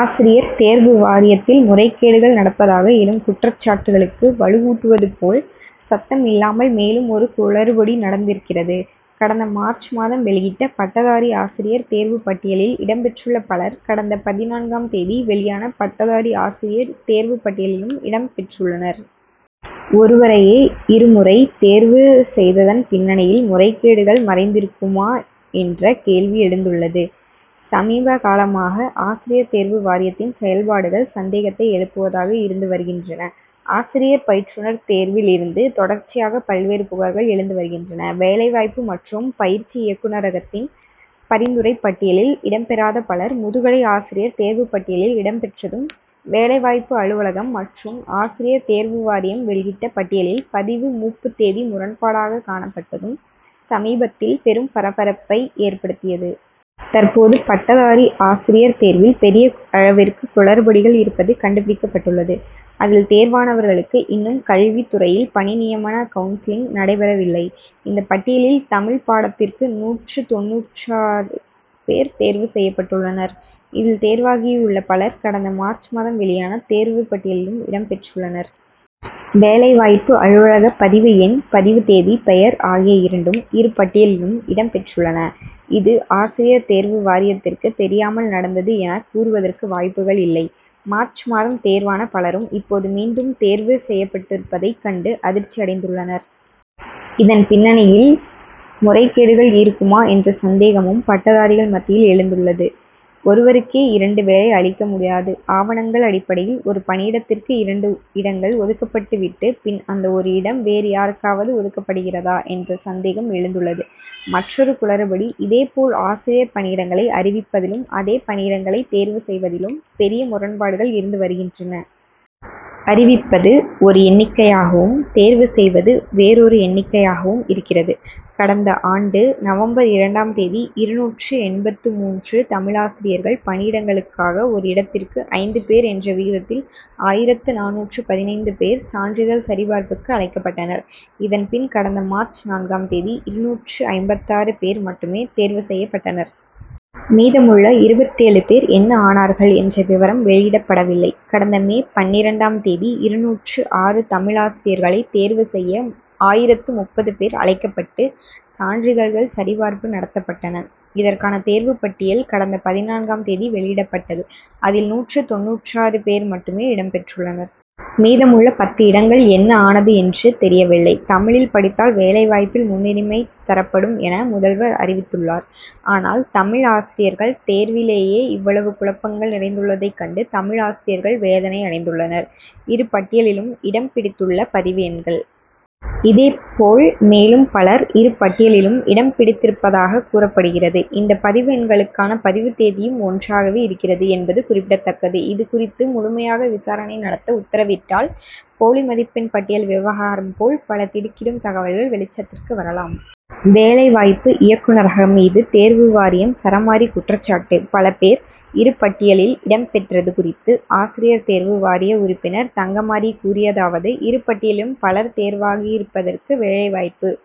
ஆசிரியர் தேர்வு வாரியத்தில் முறைகேடுகள் நடப்பதாக எழும் குற்றச்சாட்டுகளுக்கு வலுவூட்டுவது போல், சத்தம் இல்லாமல் மேலும் ஒரு குளறுபடி நடந்திருக்கிறது. கடந்த மார்ச் மாதம் வெளியிட்ட பட்டதாரி ஆசிரியர் தேர்வுப் பட்டியலில் இடம்பெற்றுள்ள பலர், கடந்த பதினான்காம் தேதி வெளியான பட்டதாரி ஆசிரியர் தேர்வுப் பட்டியலிலும் இடம் பெற்றுள்ளனர். ஒருவரையே, இருமுறை தேர்வு செய்ததன் பின்னணியில், முறைகேடுகள் மறைந்திருக்குமா என்ற கேள்வி எழுந்துள்ளது. சமீப காலமாக, ஆசிரியர் தேர்வு வாரியத்தின் செயல்பாடுகள், சந்தேகத்தை எழுப்புவதாக இருந்து வருகின்றன. ஆசிரியர் பயிற்றுனர் தேர்வில் இருந்து, தொடர்ச்சியாக பல்வேறு புகார்கள் எழுந்து வருகின்றன. வேலைவாய்ப்பு மற்றும் பயிற்சி இயக்குனரகத்தின் பரிந்துரைப் பட்டியலில் இடம்பெறாத பலர், முதுகலை ஆசிரியர் தேர்வுப் பட்டியலில் இடம்பெற்றதும், வேலைவாய்ப்பு அலுவலகம் மற்றும் ஆசிரியர் தேர்வு வாரியம் வெளியிட்ட பட்டியலில் பதிவு மூப்பு தேதி முரண்பாடாக காணப்பட்டதும், சமீபத்தில் பெரும் பரபரப்பை ஏற்படுத்தியது. தற்போது, பட்டதாரி ஆசிரியர் தேர்வில் பெரிய அளவிற்கு குளறுபடிகள் இருப்பது கண்டுபிடிக்கப்பட்டுள்ளது. அதில், தேர்வானவர்களுக்கு இன்னும் கல்வித் துறையில் பணி நியமன கவுன்சிலிங் நடைபெறவில்லை. இந்தப் பட்டியலில், தமிழ்ப் பாடத்திற்கு நூற்று தொண்ணூற்றாறு பேர் தேர்வு செய்யப்பட்டுள்ளனர். இதில், தேர்வாகியுள்ள பலர், கடந்த மார்ச் மாதம் வெளியான தேர்வுப் பட்டியலிலும் இடம் பெற்றுள்ளனர். வேலைவாய்ப்பு அலுவலக பதிவு எண், பதிவு தேதி, பெயர் ஆகிய இரண்டும், இரு பட்டியலிலும் இடம் பெற்றுள்ளன. இது, ஆசிரியர் தேர்வு வாரியத்திற்கு தெரியாமல் நடந்தது என கூறுவதற்கு வாய்ப்புகள் இல்லை. மார்ச் மாதம் தேர்வான பலரும், இப்போது மீண்டும் தேர்வு செய்யப்பட்டிருப்பதைக் கண்டு அதிர்ச்சி அடைந்துள்ளனர். இதன் பின்னணியில், முறைகேடுகள் இருக்குமா என்ற சந்தேகமும், பட்டதாரிகள் மத்தியில் எழுந்துள்ளது. ஒருவருக்கே, இரண்டு வேலை அளிக்க முடியாது. ஆவணங்கள் அடிப்படையில் ஒரு பணியிடத்திற்கு இரண்டு இடங்கள் ஒதுக்கப்பட்டு விட்டு, பின் அந்த ஒரு இடம் வேறு யாருக்காவது ஒதுக்கப்படுகிறதா என்ற சந்தேகம் எழுந்துள்ளது. மற்றொரு குளறுபடி: இதேபோல், ஆசிரியர் பணியிடங்களை அறிவிப்பதிலும், அதே பணியிடங்களை தேர்வு செய்வதிலும் பெரிய முரண்பாடுகள் இருந்து வருகின்றன. அறிவிப்பது ஒரு எண்ணிக்கையாகவும், தேர்வு செய்வது வேறொரு எண்ணிக்கையாகவும் இருக்கிறது. கடந்த ஆண்டு நவம்பர் இரண்டாம் தேதி, இருநூற்று எண்பத்து மூன்று தமிழாசிரியர்கள் பணியிடங்களுக்காக, ஒரு இடத்திற்கு ஐந்து பேர் என்ற விகிதத்தில் ஆயிரத்து நானூற்று பதினைந்து பேர் சான்றிதழ் சரிபார்ப்புக்கு அழைக்கப்பட்டனர். இதன் பின், கடந்த மார்ச் நான்காம் தேதி, இருநூற்று ஐம்பத்தாறு பேர் மட்டுமே தேர்வு செய்யப்பட்டனர். மீதமுள்ள இருபத்தேழு பேர் என்ன ஆனார்கள் என்ற விவரம் வெளியிடப்படவில்லை. கடந்த மே பன்னிரண்டாம் தேதி, இருநூற்று ஆறு தமிழாசிரியர்களை தேர்வு செய்ய ஆயிரத்து முப்பது பேர் அழைக்கப்பட்டு, சான்றிதழ்கள் சரிபார்ப்பு நடத்தப்பட்டன. இதற்கான தேர்வுப் பட்டியல், கடந்த பதினான்காம் தேதி வெளியிடப்பட்டது. அதில், நூற்று தொண்ணூற்றாறு பேர் மட்டுமே இடம் பெற்றுள்ளனர். மீதமுள்ள பத்து இடங்கள் என்ன ஆனது என்று தெரியவில்லை. தமிழில் படித்தால், வேலைவாய்ப்பில் முன்னுரிமை தரப்படும் என முதல்வர் அறிவித்துள்ளார். ஆனால், தமிழ் ஆசிரியர்கள் தேர்விலேயே இவ்வளவு குழப்பங்கள் நிறைந்துள்ளதைக் கண்டு, தமிழ் ஆசிரியர்கள் வேதனை அடைந்துள்ளனர். இரு பட்டியலிலும் இடம் பிடித்துள்ள பதிவு எண்கள்,. இதேபோல், மேலும் பலர் இரு பட்டியலிலும் இடம் பிடித்திருப்பதாகக் கூறப்படுகிறது. இந்த பதிவு எண்களுக்கான, பதிவு தேதியும் ஒன்றாகவே இருக்கிறது என்பது குறிப்பிடத்தக்கது. இது குறித்து, முழுமையாக விசாரணை நடத்த உத்தரவிட்டால், போலி மதிப்பெண் பட்டியல் விவகாரம் போல், பல திடுக்கிடும் தகவல்கள் வெளிச்சத்திற்கு வரலாம். வேலைவாய்ப்பு இயக்குனரகம் மீது தேர்வு வாரியம் சரமாரி குற்றச்சாட்டு பல பேர், இரு பட்டியலில் இடம் பெற்றது குறித்து, ஆசிரியர் தேர்வு வாரிய உறுப்பினர் தங்கமாரி கூறியதாவது: இரு பட்டியலிலும் பலர் தேர்வாகியிருப்பதற்கு, வேலைவாய்ப்பு